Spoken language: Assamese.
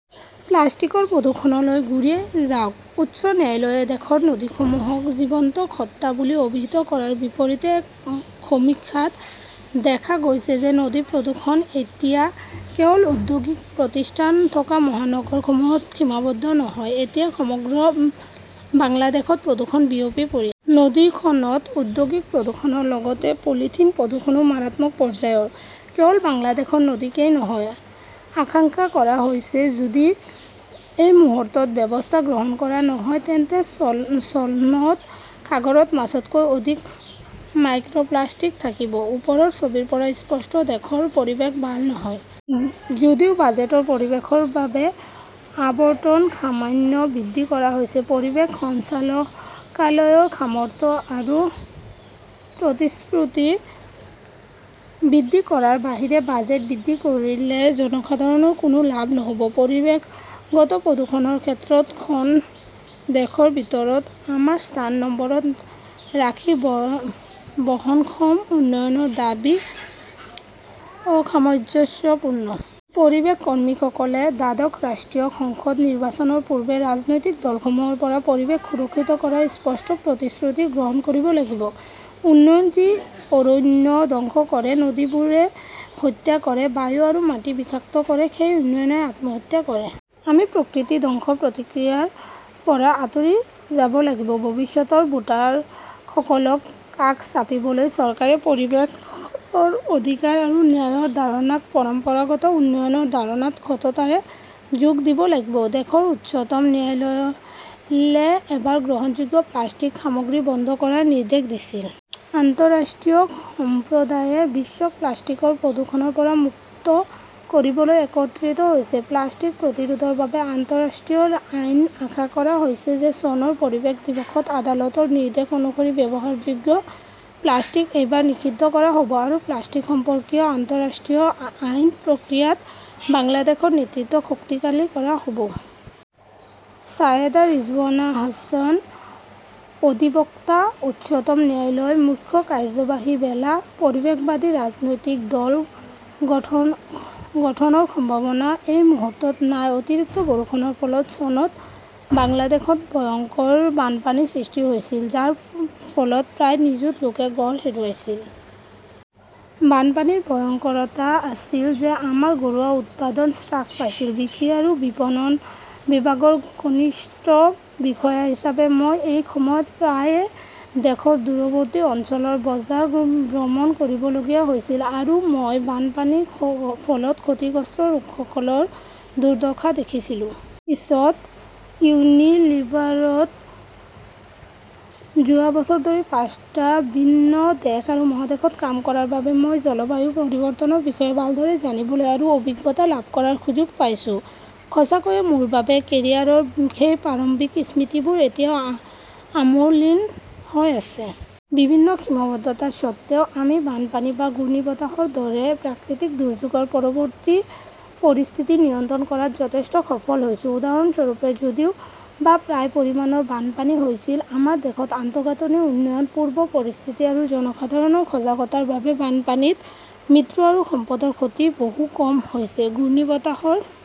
প্লাষ্টিকৰ প্ৰদূষণলৈ ঘূৰি যাওক। উচ্চ ন্যায়ালয়ে দেশৰ নদীসমূহক জীৱন্ত সত্তা বুলি অভিহিত কৰাৰ বিপৰীতে এক সমীক্ষাত দেখা গৈছে যে নদী প্ৰদূষণ এতিয়া কেৱল ঔদ্যোগিক প্ৰতিষ্ঠান থকা মহানগৰসমূহত সীমাবদ্ধ নহয়। এতিয়া সমগ্ৰ বাংলাদেশতে প্ৰদূষণ বিয়পি পৰিছে। নদীখনত ঔদ্যোগিক প্ৰদূষণৰ লগতে পলিথিন প্ৰদূষণও মাৰাত্মক পৰ্যায়ৰ। কেৱল বাংলাদেশৰ নদীকেই নহয়, আশংকা কৰা হৈছে-যদি এই মুহূৰ্তত ব্যৱস্থা গ্ৰহণ কৰা নহয় তেন্তে চনত সাগৰত মাছতকৈ অধিক মাইক্ৰ প্লাষ্টিক থাকিব। ওপৰৰ ছবিৰ পৰা স্পষ্ট, দেশৰ পৰিৱেশ ভাল নহয়। যদিও বাজেটত পৰিৱেশৰ বাবে আবণ্টন সামান্য বৃদ্ধি কৰা হৈছে, পৰিৱেশ সঞ্চালকালয়ৰ সামৰ্থ্য আৰু প্ৰতিশ্ৰুতি বৃদ্ধি কৰাৰ বাহিৰে বাজেট বৃদ্ধি কৰিলে জনসাধাৰণৰ কোনো লাভ নহ’ব। পৰিৱেশগত প্ৰদৰ্শনৰ ক্ষেত্ৰত খন দেশৰ ভিতৰত আমাৰ স্থান নম্বৰত ৰাখি বহনক্ষম উন্নয়নৰ দাবী অসামঞ্জস্যপূৰ্ণ। পৰিৱেশ কৰ্মীসকলে দ্বাদশ ৰাষ্ট্ৰীয় সংসদ নিৰ্বাচনৰ পূৰ্বে ৰাজনৈতিক দলসমূহৰ পৰা পৰিৱেশ সুৰক্ষিত কৰাৰ স্পষ্ট প্ৰতিশ্ৰুতি গ্ৰহণ কৰিব লাগিব। উন্নয়ন যি অৰণ্য ধ্বংস কৰে; নদীবোৰে হত্যা কৰে; বায়ু আৰু মাটি বিষাক্ত কৰে, সেই উন্নয়নই আত্মহত্যা কৰে। আমি প্ৰকৃতি ধ্বংসৰ প্ৰক্ৰিয়াৰ পৰা আঁতৰি যাব লাগিব। ভৱিষ্যতৰ ভোটাৰসকলক কাষ চাপিবলৈ চৰকাৰে পৰিৱেশৰ অধিকাৰ আৰু ন্যায়ৰ ধাৰণাক পৰম্পৰাগত উন্নয়নৰ ধাৰণাত সততাৰে যোগ দিব লাগিব। দেশৰ উচ্চতম ন্যায়ালয়ে এবাৰ ব্যৱহাৰযোগ্য প্লাষ্টিক সামগ্ৰী বন্ধ কৰাৰ নিৰ্দেশ দিছিল। আন্তঃৰাষ্ট্ৰীয় সম্প্ৰদায়ে বিশ্বক প্লাষ্টিকৰ প্ৰদূষণৰ পৰা মুক্ত কৰিবলৈ একত্ৰিত হৈছে। প্লাষ্টিক প্ৰতিৰোধৰ বাবে আন্তঃৰাষ্ট্ৰীয় আইন আশা কৰা হৈছে যে চনৰ পৰিৱেশ দিৱসত আদালতৰ নিৰ্দেশ অনুসৰি ব্যৱহাৰযোগ্য প্লাষ্টিক এইবাৰ নিষিদ্ধ কৰা হ 'ব আৰু প্লাষ্টিক সম্পৰ্কীয় আন্তঃৰাষ্ট্ৰীয় আইন প্ৰক্ৰিয়াত বাংলাদেশৰ নেতৃত্ব শক্তিশালী কৰা হ' ব। ছায়েদা ৰিজৱানা হাছানঃ অধিবক্তা, উচ্চতম ন্যায়ালয়; মুখ্য কাৰ্যবাহী, বেলা। পৰিৱেশবাদী ৰাজনৈতিক দল গঠনৰ সম্ভাৱনা এই মুহূৰ্তত নাই অতিৰিক্ত বৰষুণৰ ফলত চনত বাংলাদেশত ভয়ংকৰ বানপানীৰ সৃষ্টি হৈছিল, যাৰ ফলত প্ৰায় নিযুত লোকে ঘৰ হেৰুৱাইছিল। বানপানীৰ ভয়ংকৰতা আছিল যে আমাৰ ঘৰুৱা উৎপাদন হ্ৰাস পাইছিল। বিক্ৰী আৰু বিপণন বিভাগৰ কনিষ্ঠ বিষয়া হিচাপে মই সেই সময়ত প্ৰায়ে দেশৰ দূৰৱৰ্তী অঞ্চলৰ বজাৰ ভ্ৰমণ কৰিবলগীয়া হৈছিল আৰু মই বানপানীৰ ফলত ক্ষতিগ্ৰস্ত লোকসকলৰ দুৰ্দশা দেখিছিলোঁ। পিছত ইউনিলিভাৰত যোৱা বছৰ ধৰি পাঁচটা ভিন্ন দেশ আৰু মহাদেশত কাম কৰাৰ বাবে মই জলবায়ু পৰিৱৰ্তনৰ বিষয়ে ভালদৰে জানিবলৈ আৰু অভিজ্ঞতা লাভ কৰাৰ সুযোগ পাইছো। সঁচাকৈয়ে মোৰ বাবে কেৰিয়াৰৰ সেই প্ৰাৰম্ভিক স্মৃতিবোৰ এতিয়াও অমোলিন হৈ আছে। বিভিন্ন সীমাবদ্ধতাৰ স্বত্বেও আমি বানপানী বা ঘূৰ্ণীবতাহৰ দৰে প্ৰাকৃতিক দুৰ্যোগৰ পৰৱৰ্তী পৰিস্থিতি নিয়ন্ত্ৰণ কৰাত যথেষ্ট সফল হৈছো। উদাহৰণস্বৰূপে, যদিও বা প্ৰায় পৰিমাণৰ বানপানী হৈছিল, আমাৰ দেশত আন্তঃগাঁথনি উন্নয়ন, পূৰ্ব প্ৰস্তুতি আৰু জনসাধাৰণৰ সজাগতাৰ বাবে বানপানীত মৃত্যু আৰু সম্পদৰ ক্ষতি বহু কম হৈছে। ঘূৰ্ণীবতাহৰ